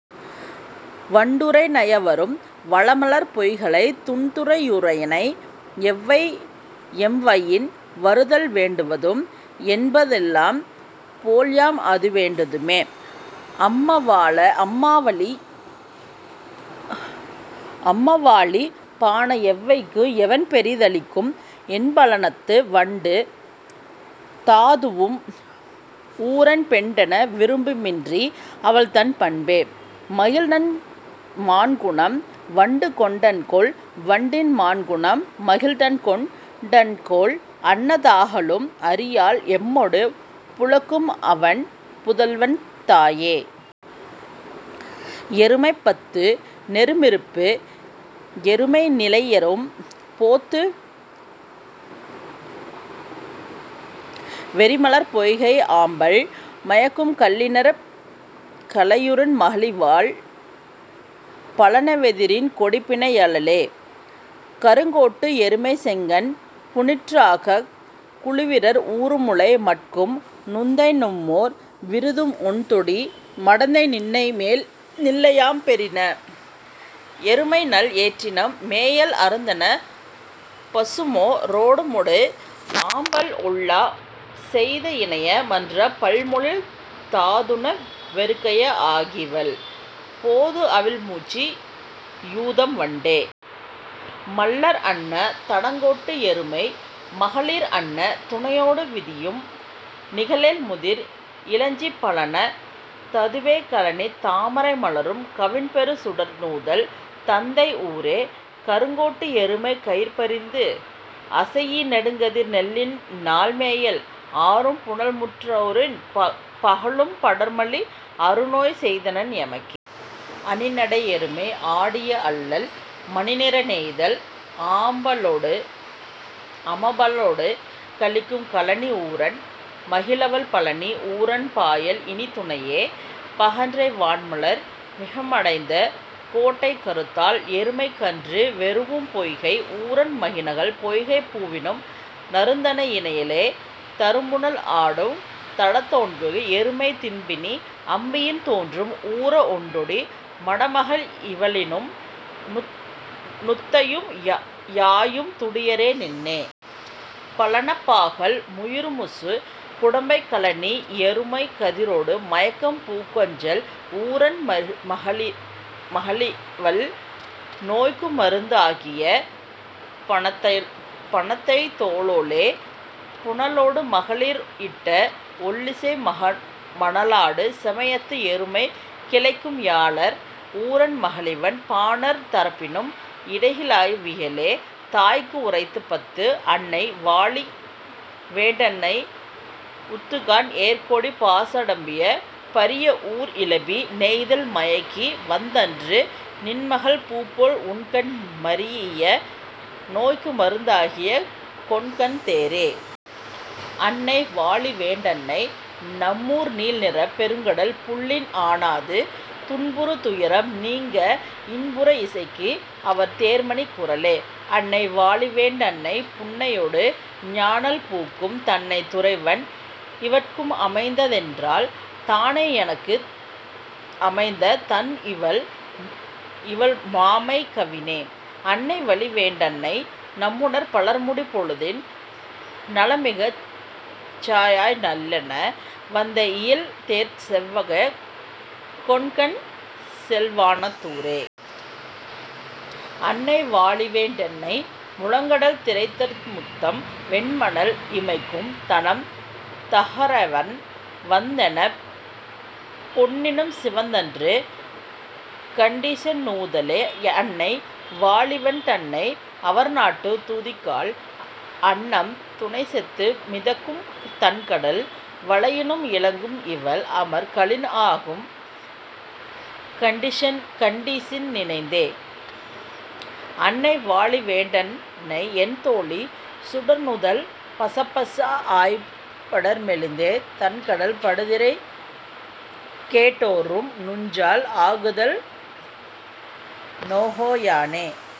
வண்டுறை நயவரும் வளமலர்ப் பொய்கைத் தண்துறை யூரனை எவ்வை எம்வயின் வருதல் வேண்டுதும் என்ப தெல்லாம் போல்யாம் அதுவேண் டுதுமே. அம்மவாழி பாண எவ்வைக்கு எவன் பெரி தளிக்கும் என்ப பழனத்து வண்டு தாதூதும் ஊரன் பெண்டென விரும்பின்று அவள்தன் பண்பே. மகிழ்நன் மாண்குணம் வண்டுகொண் டனகொல் வண்டின் மாண்குணம் மகிழ்நன்கொண் டான்கொல் அன்ன தாகலும் அறியாள் எம்மொடு புலக்கும்அவன் புதல்வன் தாயே.. எருமைப் பத்து நெறிமருப்பு எருமை நிலைரும் போத்து வெறிமலர்ப் பொய்கை ஆம்பல் மயக்கும் கழ்னிரன் மகளிவள் பழன வெதிரின் கொடிப்பிணை யலளே. கருங்கோட்டு எருமைச் செங்கண் புனிற்றுஆகக் குழவிக்கு ஊறுமுலை மடுக்கும் நுந்தை நும்மூர் விருதும் ஒண்தொடி மடந்தை நின்னையாம் பெறினே. எருமைநல் ஏற்றினம் மேயல் அருந்தெனப் பசுமோ ரோடமோடு ஆம்பல் ஒல்லா செய்த இனைய மன்ற பல்பொழில் தாதுண வெறுக்கைய ஆகி இவள் போதுஅவிழ் முச்சி யூதும் வண்டே. மள்ளர் அன்ன தடங்கோட்டு எருமை மகளிர் அன்ன துணையோடு விதியும் நிழல்முதிர் இலஞ்சிப் பழனத் ததுவே கழனித் தாமரை மலரும் கவின்பெறு சுடர்நூதல் தந்தை ஊரே. கருங்கோட்டு எருமை கயிறுபரிந்து அசைஇ நெடுங்கதிர் நெல்லின் நாள்மேயல் ஆரும் புனல்முற் றூரன் பகலும் படர்மலி அருநோய் செய்தனன் எமக்கே. அணிநடை எருமை ஆடிய அள்ளல் மணிநிற நெய்தல் ஆமபலொடு கலிக்கும் கழனி ஊரன் மகளிவள் பழன் ஊரன் பாயல்இன் துணையே. பகன்றை வான்மலர் மிடைந்த கோட்டைக் கருந்தாள் எருமைக் கன்று வெரூஉம் பொய்கை ஊரன் மகளிவள் பொய்கைப் பூவினும் நறுந்தண் ணியளே. தண்புணல் ஆடும் தடங்கோட்டு எருமை திண்பிணி அம்பியின் தோன்றும் ஊர ஒண்டொடி மடமகள் இவளினும் நுந்தையும் யாயும் துடியரோ நின்னே. பழனப் பாகல் முயிறுமூசு குடம்பை கழனி யெருமை கதிரொடு மயக்கும் பூக்கஞல் ஊரன் மகளிவள் நோய்க்குமருந் தாகிய பணைத்தோ ளோளே. புனலாடு மகளிர் இட்ட ஒள்ளிழை மணலாடு சிமையத்து எருமை கிளைக்கும் யாணர் ஊரன் மகளிவள் பாணர் நரம்பினும் இன்கிள வியளே..தாய்க்கு உரைத்த பத்து. அன்னை வாழிவேண் டன்னை உதுக்காண் ஏர்கொடிப் பாசடும்பு பரியஊர்பு இழிபு நெய்தல் மயக்கி வந்தன்று நின்மகள் பூப்போல் உண்கண் மரீஇய நோய்க்குமருந் தாகிய கொண்கன் தேரே. அன்னை வாழிவேண் டன்னை நம்மூர் நீல்நிறப் பெருங்கடல் புள்ளின் ஆனாது துன்புறு துயரம் நீங்க இன்புற இசைக்கும் அவர் தேர்மணிக் குரலே. அன்னை வாழிவேண் டன்னை புன்னையொடு ஞாழல் பூக்கும் தண்ணந் துறைவன் இவட்குஅமைந் தனெனால் தானே தனக்கு அமைந்த தன்றுஇவள் மாமைக் கவினே. அன்னை வழிவேண் டன்னை நம்மூர்ப் பலர்மடி பொழுதின் நலம்மிகச் சாஅய் நள்ளென வந்த இயல்தேர்ச் செல்வக் கொண்கன் செல்வனஃ தூரே. அன்னை வாழிவேண் டன்னை முழங்குகடல் திரைதரு முத்தம் வெண்மணல் இமைக்கும் தணம் த்ஹுறவன் வந்தெனப் பொன்னினும் சிவந்தன்று கண்டிசின் நூதலே. அன்னை வாழிவேண் டன்னை அவர்நாட்டுத் துதிக்கால் அன்னம் துணைசெத்து மிதிக்கும் தன்கடல் வளையினும் இலங்கும்இவள் அம்கலிழ் ஆகம் கண்டிசின் நினைந்தே. அன்னை வாழிவேண் டன்னைஎன் தோழி சுடர்நுதல் பசப்பச் சாஅய்ப் படர்மெலிந்து தண்கடல் படுதிரை கேட்டொறும் துஞ்சாள் ஆகுதல் நோகோ யானே.